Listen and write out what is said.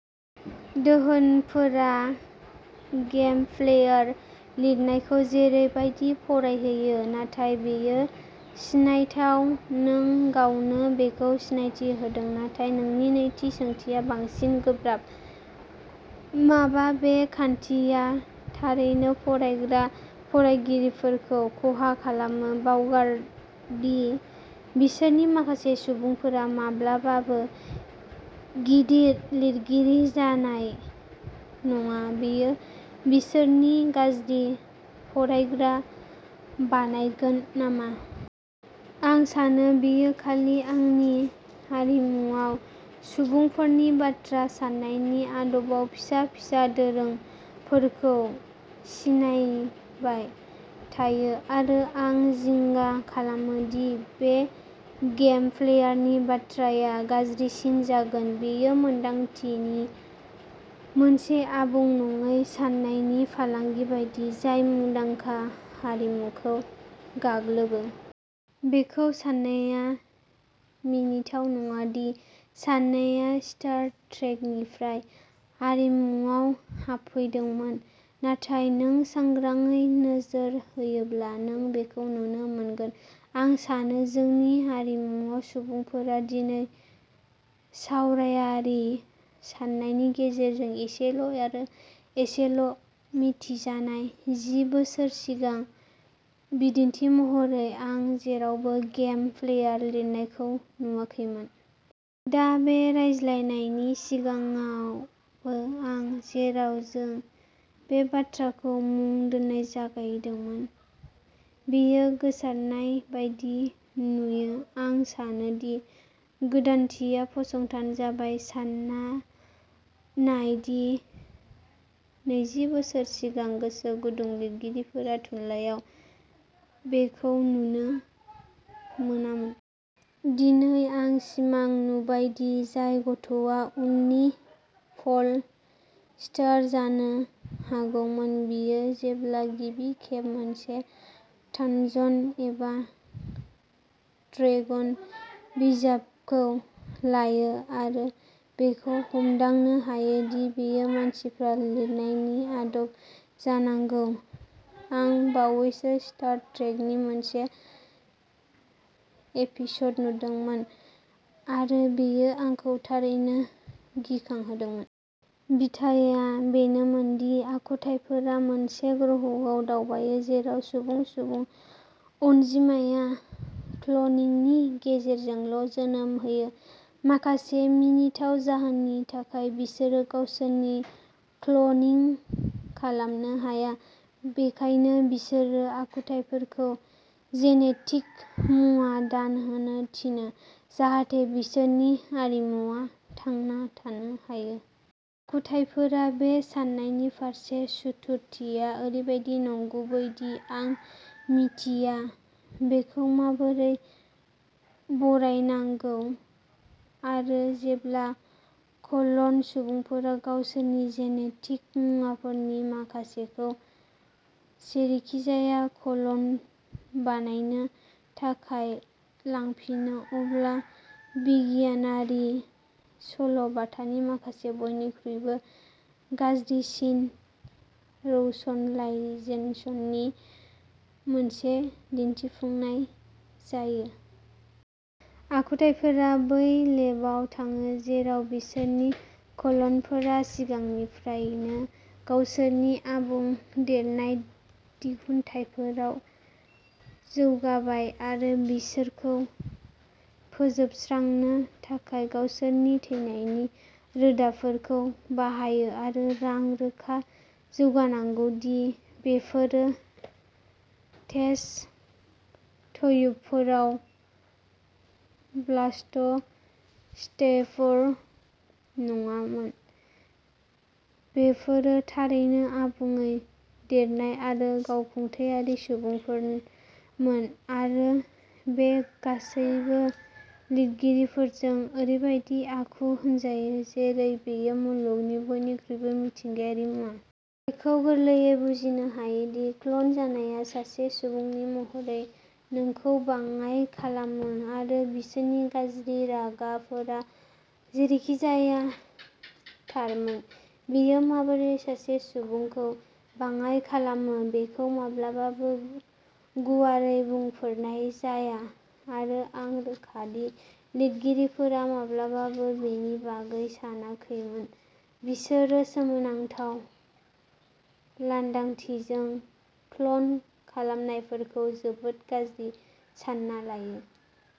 दोहोनफोरा game player लिरनायखौ जेरै बायदि फरायहोयो। नाथाय बेयो सिनायथाव। नों गावनो बेखौ सिनायथि होदों। नाथाय नोंनि नैथि सोंथिया बांसिन गोब्राब। मा बे खान्थिया थारैनो फरायग्रा फरायगिरिफोरखौ खहा खालामो। बावगार दि बिसोरनि माखासे सुबुंफोरा माब्लाबाबो गिदिर लिरगिरि जानाय नङा, बेयो बिसोरखौ गाज्रि फरायग्रा बानायगोन नामा? आं सानो। बेयो खालि आं जोंनि हारिमुआव सुबुंफोरनि बाथ्रा साननायनि आदबआव फिसा-फिसा दोरोंफोरखौ सिनायबाय थायो आरो आं जिंगा खालामो दि बे गेम प्लेयारनि बाथ्राया गाज्रिसिन जागोन। बेयो मोनदांथि नि मोनसे आबुं नङै साननायनि फालांगि बायदि, जाय मुंदांखा हारिमुखौ गाग्लोबो। बेखौ सान्नाया मिनिथाव नङा दि साननाया स्टार ट्रेकनिफ्राय हारिमुआव हाबफैदोंमोन, नाथाय नों सांग्राङै नोजोर होयोब्ला, नों बेखौ नुनो मोनगोन। आं सानो जोंनि हारिमुआव सुबुंफोरा दिनै सावरायारि साननायनि गेजेरजों एसेल' आरो एसेल' मिथिजानाय। जि बोसोर सिगां, बिदिन्थि महरै, आं जेरावबो गेम प्लेयार लिरनायखौ नुवाखैमोन। दा, बे रायज्लायनायनि सिगाङावबो आं। जेराव जों बे बाथ्राखौ मुं दोन्नो जागायदोंमोन, बेयो गोसारनाय बायदि नुयो। आं सानो दि गोदानथिया फसंथान जाबाय। सान्ना नाय दि नैजि बोसोर सिगां, गोसो गुदुं लिरगिरिफोरा थुनलाइयाव बेखौ नुनो मोनामोन। दिनै, आं सिमां नुबाय दि जाय गथ'आ उननि पल अस्टार जानो हागौमोन, बियो जेब्ला गिबि खेब मोनसे थानजन एबा ड्रेगन बिजाबखौ लायो आरो बेखौ हमदांनो हायो दि बेयो मानसिफ्रा लिरनायनि आदब जानांगौ। आं बावैसो स्टार ट्रेकनि मोनसे एपिसड नुदोंमोन आरो बेयो आंखौ थारैनो गिखांहोदोंमोन। बिथाया बेनोमोन दि आखुथाइफोरा मोनसे ग्रहआव दावबायो जेराव सुबुं, सुबुं अनजिमाया क्लनिंनि गेजेरजोंल' जोनोम होयो। माखासे मिनिथाव जाहोननि थाखाय बिसोरो गावसोरखौ क्लनिं खालामनो हाया, बेनिखायनो बिसोरो आखुथाइफोरखौ जेनेटिक मुवा दान होनो थिनो जाहाथे बिसोरनि हारिमुआ थांना थानो हायो। आखुथाइफोरा बे साननायनि फारसे सुथुरथिया ओरैबादि नंगुबै दि आं मिन्थिया। बेखौ माबोरै बरनायनांगौ। आरो जेब्ला क्ल'न सुबुंफोरा गावसोरनि जेनेटिक मुवाफोरनि माखासेखौ जेरैखिजाया क्ल'न बानायनो थाखाय लांफिनो, अब्ला बिगियानारि सल' बाथानि माखासे बयनिख्रुइबो गाज्रि रैशनलाइजेसननि मोनसे दिन्थिफुंनाय जायो। आखुथाइफोरा बै लेबआव थाङो जेराव बिसोरनि क्ल'नफोरा सिगांनिफ्रायनो गावसोरनि आबुं देरनाय दिहुनथाइफोराव जौगाबाय, आरो बिसोरखौ फोजोबस्रांनो थाखाय गावसोरनि थैनायनि रोदाफोरखौ बाहायो आरो आं रोखा जानांगौ दि बेफोरो टेस्ट ट्युबफोराव ब्लास्ट'सिस्टफोर नङामोन। बेफोरो थारैनो आबुङै देरनाय आरो गावखुंथायारि सुबुंफोरमोन आरो बे गासैबो लिरगिरिफोरजों ओरैबायदि आखु होजायो जेरै बेयो मुलुगनि बयनिख्रुइबो मिथिंगायारि मुवा। बेखौ गोरलैयै बुजिनो हायो दि क्ल'न जानाया सासे सुबुं महरै नोंखौ बाङाइ खालामो आरो बिसोरनि गाज्रि रागाफोरा जेरैखिजाया थारमोन। बेयो माबोरै सासे सुबुंखौ बाङाइ खालामो बेखौ माब्लाबाबो गुवारै बुंफोरनाय जाया आरो आं रोखा दि लिरगिरिफोरा माब्लाबाबो बेनि बागै सानाखैमोन। बिसोरो सोमोनांथाव लांदांथिजों, क्ल'न खालामनायफोरखौ जोबोद गाज्रि सान्ना लायो।